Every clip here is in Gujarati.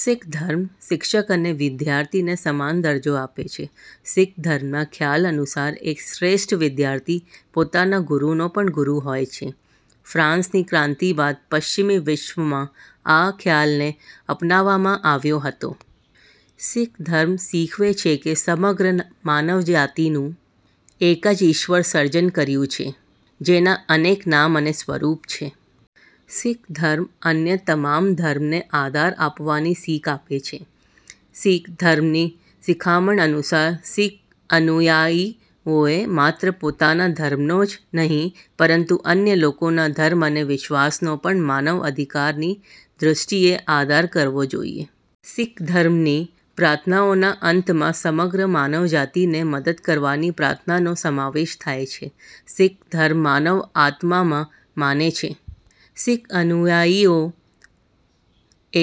શીખ ધર્મ શિક્ષક અને વિદ્યાર્થીને સમાન દરજ્જો આપે છે. શીખ ધર્મના ખ્યાલ અનુસાર, એક શ્રેષ્ઠ વિદ્યાર્થી પોતાના ગુરૂનો પણ ગુરૂ હોય છે. ફ્રાન્સની ક્રાંતિ બાદ પશ્ચિમી વિશ્વમાં આ ખ્યાલને અપનાવવામાં આવ્યો હતો.। શીખ ધર્મ શીખવે છે કે સમગ્ર માનવજાતિનું એક જ ઈશ્વરે સર્જન કર્યું છે, જેના અનેક નામ અને સ્વરૂપ છે. શીખ ધર્મ અન્ય તમામ ધર્મ ને આદર આપવાની શીખ આપે છે. શીખ ધર્મની શિખામણ અનુસાર, શીખ અનુયાયીઓએ માત્ર પોતાના ધર્મનો જ નહિ, પરંતુ અન્ય લોકોના ધર્મ અને વિશ્વાસનો પણ માનવ અધિકારની દ્વષ્ટિએ આદર કરવો જોઈએ. શીખ ધર્મની પ્રર્થ્નોના અંતમાં સમગ્ર માનવજાતિને મદદ કરવાની પ્રાર્થનાનો સમાવેશ થાય છે. શીખ ધર્મ માનવ આત્મા માં માને છે. શીખ અનુયાયીઓ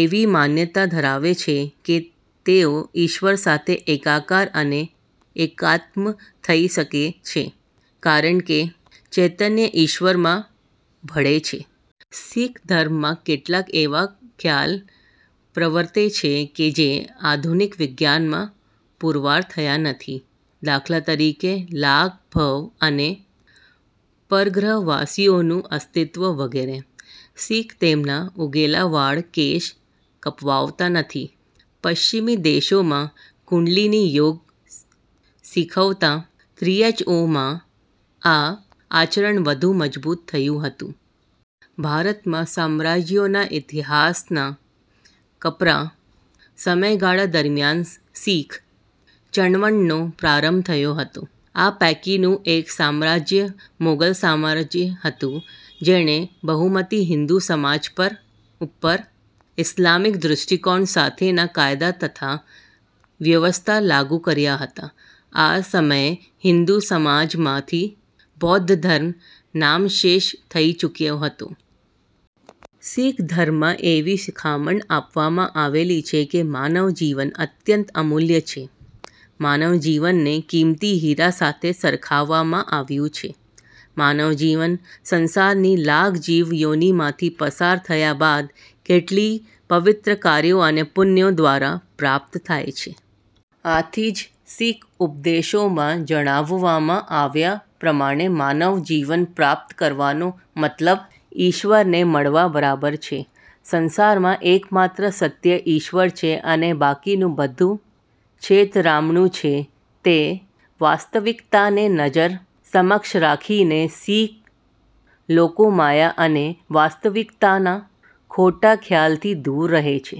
એવી માન્યતા ધરાવે છે કે તેઓ ઈશ્વર સાથે એકાકાર અને એકાત્મ થઇ શકે છે કારણકે ચૈતન્ય ઇશ્વર માં ભળે છે. શીખ ધર્મમાં કેટલાક એવા ખ્યાલ પ્રવર્તે છે કે જે આધુનિક વિજ્ઞાનમાં પૂરવાર થયા નથી. દાખલા તરીકે લાખ ભવ અને પરગ્રહવાસીઓનું અસ્તિત્વ વગેરે. શીખ તેમના ઉગેલા વાળ કેશ કપાવતા નથી. પશ્ચિમી દેશોમાં કુંડલિની યોગ શીખવતા થ્રીએચઓમાં આ આચરણ વધુ મજબૂત થયું હતું. ભારતમાં સામ્રાજ્યોના ઇતિહાસના કપરાં સમયગાળા દરમિયાન શીખ ચળવળનો પ્રારંભ થયો હતો. આ પૈકીનું એક સામ્રાજ્ય મોગલ સામ્રાજ્ય હતું જેણે બહુમતી હિંદુ સમાજ ઉપર ઈસ્લામિક દ્વષ્ટિકોણ સાથેના કાયદા તથા વ્યવસ્થા લાગુ કર્યા હતા. આ સમયે હિંદુ સમાજમાંથી બૌદ્ધ ધર્મ નામશેષ થઈ ચૂક્યો હતો. શીખ ધર્મમાં એવી શીખામણ આપવામાં આવેલી છે કે માનવ જીવન અત્યંત અમૂલ્ય છે. માનવ જીવનને કિંમતી હિરા સાથે સરખાવવામાં આવ્યું છે. માનવ જીવન સંસારની લાખ જીવ યોનિમાંથી પસાર થયા બાદ કેટલીય પવિત્ર કાર્યો અને પુણ્યો દ્વારા પ્રાપ્ત થાય છે. આથી જ, શીખ ઉપદેશોમાં જણાવવામાં આવ્યા પ્રમાણે માનવ જીવન પ્રાપ્ત કરવાનો મતલબ ઈશ્વરને મળવા બરાબર છે. સંસારમાં એકમાત્ર સત્ય ઈશ્વર છે અને બાકીનું બધું છેતરામણું છે તે વાસ્તવિકતાને નજર સમક્ષ રાખીને શીખ લોકો માયા અને વાસ્તવિકતાના ખોટાં ખ્યાલથી દૂર રહે છે.